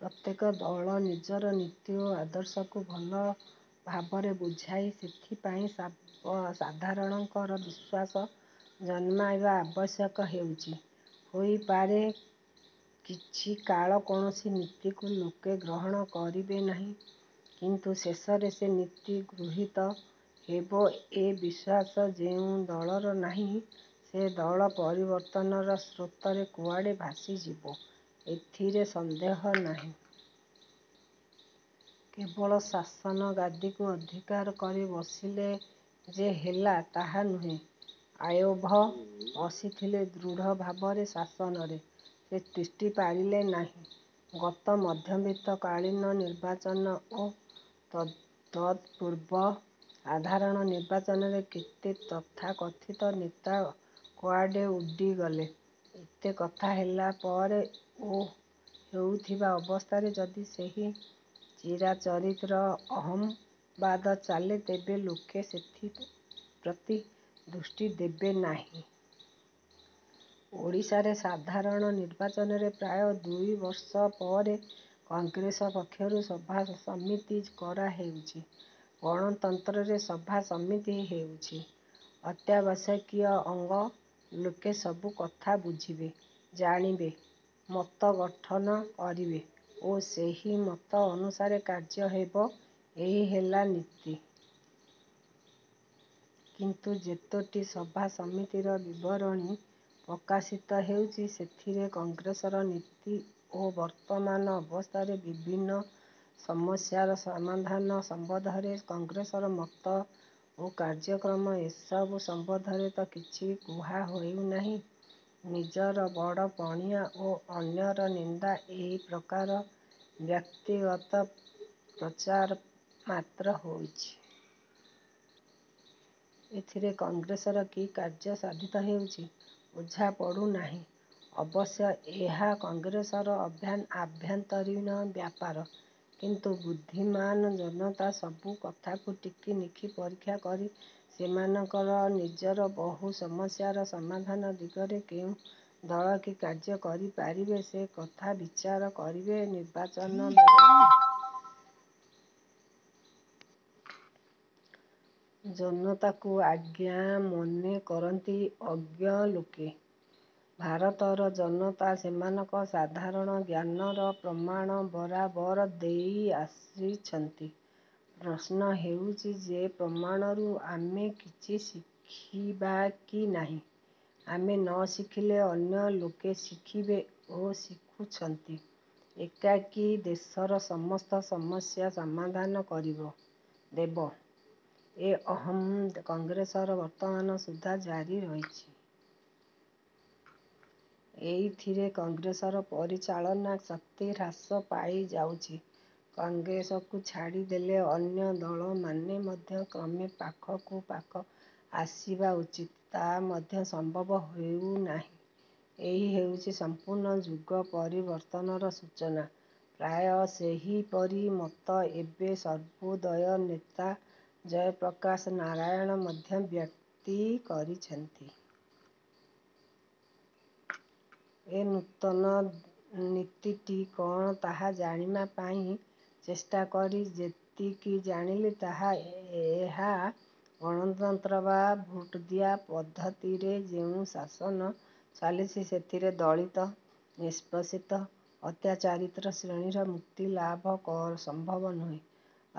ପ୍ରତ୍ୟେକ ଦଳ ନିଜର ନୀତି ଓ ଆଦର୍ଶକୁ ଭଲ ଭାବରେ ବୁଝାଇ ସେଥିପ୍ରତି ସାଧାରଣଙ୍କର ବିଶ୍ୱାସ ଜନ୍ମାଇବା ଆବଶ୍ୟକ ହେଉଛି। ହୋଇପାରେ କିଛିକାଳ କୌଣସି ନୀତିକୁ ଲୋକେ ଗ୍ରହଣ କରିବେ ନାହିଁ। କିନ୍ତୁ ଶେଷରେ ସେ ନୀତି ଗୃହୀତ ହେବ ଏ ବିଶ୍ୱାସ ଯେଉଁ ଦଳର ନାହିଁ ସେ ଦଳ ପରିବର୍ତ୍ତନର ସ୍ରୋତରେ କୁଆଡ଼େ ଭାସିଯିବ ଏଥିରେ ସନ୍ଦେହ ନାହିଁ। କେବଳ ଶାସନ ଗାଦିକୁ ଅଧିକାର କରି ବସିଲେ ଯେ ହେଲା ତାହା ନୁହେଁ। ଆୟୁବ ବସିଥିଲେ ଦୃଢ ଭାବରେ ଶାସନରେ। ସେ ତିଷ୍ଠି ପାରିଲେ ନାହିଁ। ଗତ ମଧ୍ୟବର୍ତ୍ତୀକାଳୀନ ନିର୍ବାଚନ ଓ ତତ୍ପୂର୍ବ ସାଧାରଣ ନିର୍ବାଚନରେ କେତେ ତଥାକଥିତ ନେତା କୁଆଡ଼େ ଉଡ଼ିଗଲେ-। ଏତେ କଥା ହେଲା ପରେ ଓ ହେଉଥିବା ଅବସ୍ଥାରେ ଯଦି ସେହି ଚିରାଚରିତ 'ଅହଂ' ବାଦ ଚାଲେ ତେବେ ଲୋକେ ସେଥିପ୍ରତି ଦୃଷ୍ଟି ଦେବେ ନାହିଁ। ଓଡ଼ିଶାରେ ସାଧାରଣ ନିର୍ବାଚନରେ ପ୍ରାୟ ଦୁଇବର୍ଷ ପରେ କଂଗ୍ରେସ ପକ୍ଷରୁ ସଭାସମିତି କରାହେଉଛି। ଗଣତନ୍ତ୍ରରେ ସଭା ସମିତି ହେଉଛି ଅତ୍ୟାବଶ୍ୟକୀୟ ଅଙ୍ଗ। ଲୋକେ ସବୁ କଥା ବୁଝିବେ, ଜାଣିବେ, ମତ ଗଠନ କରିବେ ଓ ସେହି ମତ ଅନୁସାରେ କାର୍ଯ୍ୟ ହେବ ଏହି ହେଲା ନୀତି। କିନ୍ତୁ ଯେତୋଟି ସଭା ସମିତିର ବିବରଣୀ ପ୍ରକାଶିତ ହୋଇଛି ସେଥିରେ କଂଗ୍ରେସର ନୀତି ଓ ବର୍ତ୍ତମାନ ଅବସ୍ଥାରେ ବିଭିନ୍ନ ସମସ୍ୟାର ସମାଧାନ ସମ୍ବନ୍ଧରେ କଂଗ୍ରେସର ମତ ଓ କାର୍ଯ୍ୟକ୍ରମ ଏସବୁ ସମ୍ବନ୍ଧରେ ତ କିଛି କୁହା ହେଉନାହିଁ-। ନିଜର ବଡ଼ପଣିଆ ଓ ଅନ୍ୟର ନିନ୍ଦା ଏହି ପ୍ରକାର ବ୍ୟକ୍ତିଗତ ପ୍ରଚାର ମାତ୍ର ହେଉଛି-। ଏଥିରେ କଂଗ୍ରେସର କି କାର୍ଯ୍ୟ ସାଧିତ ହେଉଛି ବୁଝାପଡ଼ୁ ନାହିଁ। ଅବଶ୍ୟ ଏହା କଂଗ୍ରେସର ଆଭ୍ୟନ୍ତରୀଣ ବ୍ୟାପାର। କିନ୍ତୁ ବୁଦ୍ଧିମାନ ଜନତା ସବୁ କଥାକୁ ଟିକିନିଖି ପରୀକ୍ଷା କରି ସେମାନଙ୍କ ନିଜର ବହୁ ସମସ୍ୟାର ସମାଧାନ ଦିଗରେ କେଉଁ ଦଳ କି କାର୍ଯ୍ୟ କରିପାରିବେ ସେ କଥା ବିଚାର କରିବେ ନିର୍ବାଚନ ବେଳକୁ। ଜନତାକୁ ଅଜ୍ଞ ମନେକରନ୍ତି ଅଜ୍ଞ ଲୋକେ, ଭାରତର ଜନତା ସେମାନଙ୍କ ସାଧାରଣ ଜ୍ଞାନର ପ୍ରମାଣ ବରାବର ଦେଇ ଆସିଛନ୍ତି। ପ୍ରଶ୍ନ ହେଉଛି ସେ ପ୍ରମାଣରୁ ଆମେ କିଛି ଶିଖିବା କି ନାହିଁ? ଆମେ ନ ଶିଖିଲେ ଅନ୍ୟ ଲୋକେ ଶିଖିବେ ଓ ଶିଖୁଛନ୍ତି। ଏକାକୀ ଦେଶର ସମସ୍ତ ସମସ୍ୟା ସମାଧାନ କରିଦେବ, ଏ 'ଅହଂ' କଂଗ୍ରେସର ବର୍ତ୍ତମାନ ସୁଦ୍ଧା ଜାରି ରହିଛି-। ଏଇଥିରେ କଂଗ୍ରେସର ପରିଚାଳନା ଶକ୍ତି ହ୍ରାସ ପାଇଯାଉଛି। କଂଗ୍ରେସକୁ ଛାଡ଼ିଦେଲେ ଅନ୍ୟ ଦଳମାନେ ମଧ୍ୟ କ୍ରମେ ପାଖକୁ ପାଖ ଆସିବା ଉଚିତ। ତା ମଧ୍ୟ ସମ୍ଭବ ହେଉ ନାହିଁ। ଏହି ହେଉଛି ସମ୍ପୂର୍ଣ୍ଣ ଯୁଗପରିବର୍ତ୍ତନର ସୂଚନା। ପ୍ରାୟ ସେହିପରି ମତ ଏବେ ସର୍ବୋଦୟ ନେତା ଜୟପ୍ରକାଶ ନାରାୟଣ ମଧ୍ୟ ବ୍ୟକ୍ତି କରିଛନ୍ତି। ଏ ନୂତନ ନୀତିଟି କଅଣ ତାହା ଜାଣିବା ପାଇଁ ଚେଷ୍ଟା କରି ଯେତିକି ଜାଣିଲି ତାହା ଏହା। ଗଣତନ୍ତ୍ର ବା ଭୋଟଦିଆ ପଦ୍ଧତିରେ ଯେଉଁ ଶାସନ ଚାଲିଛି ସେଥିରେ ଦଳିତ, ନିଷ୍ପେଷିତ, ଅତ୍ୟାଚାରିତ ଶ୍ରେଣୀର ମୁକ୍ତିଲାଭ ସମ୍ଭବ ନୁହେଁ।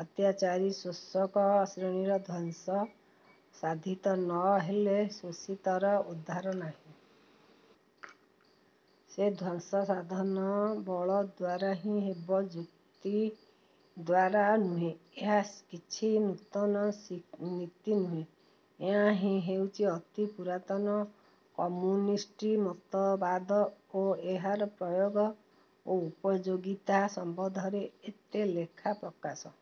ଅତ୍ୟାଚାରୀ ଶୋଷକ ଶ୍ରେଣୀର ଧ୍ୱଂସ ସାଧିତ ନ ହେଲେ ଶୋଷିତର ଉଦ୍ଧାର ନାହିଁ। ସେ ଧ୍ୱଂସ ସାଧନ ବଳ ଦ୍ୱାରାହିଁ ହେବ ଯୁକ୍ତି ଦ୍ୱାରା ନୁହେଁ। ଏହା କିଛି ନୂତନ ନୀତି ନୁହେଁ। ଏହାହିଁ ହେଉଛି ଅତି ପୁରାତନ କମ୍ୟୁନିଷ୍ଟ ମତବାଦ ଓ ଏହାର ପ୍ରୟୋଗ ଓ ଉପଯୋଗିତା ସମ୍ବନ୍ଧରେ ଏତେ ଲେଖା ପ୍ରକାଶ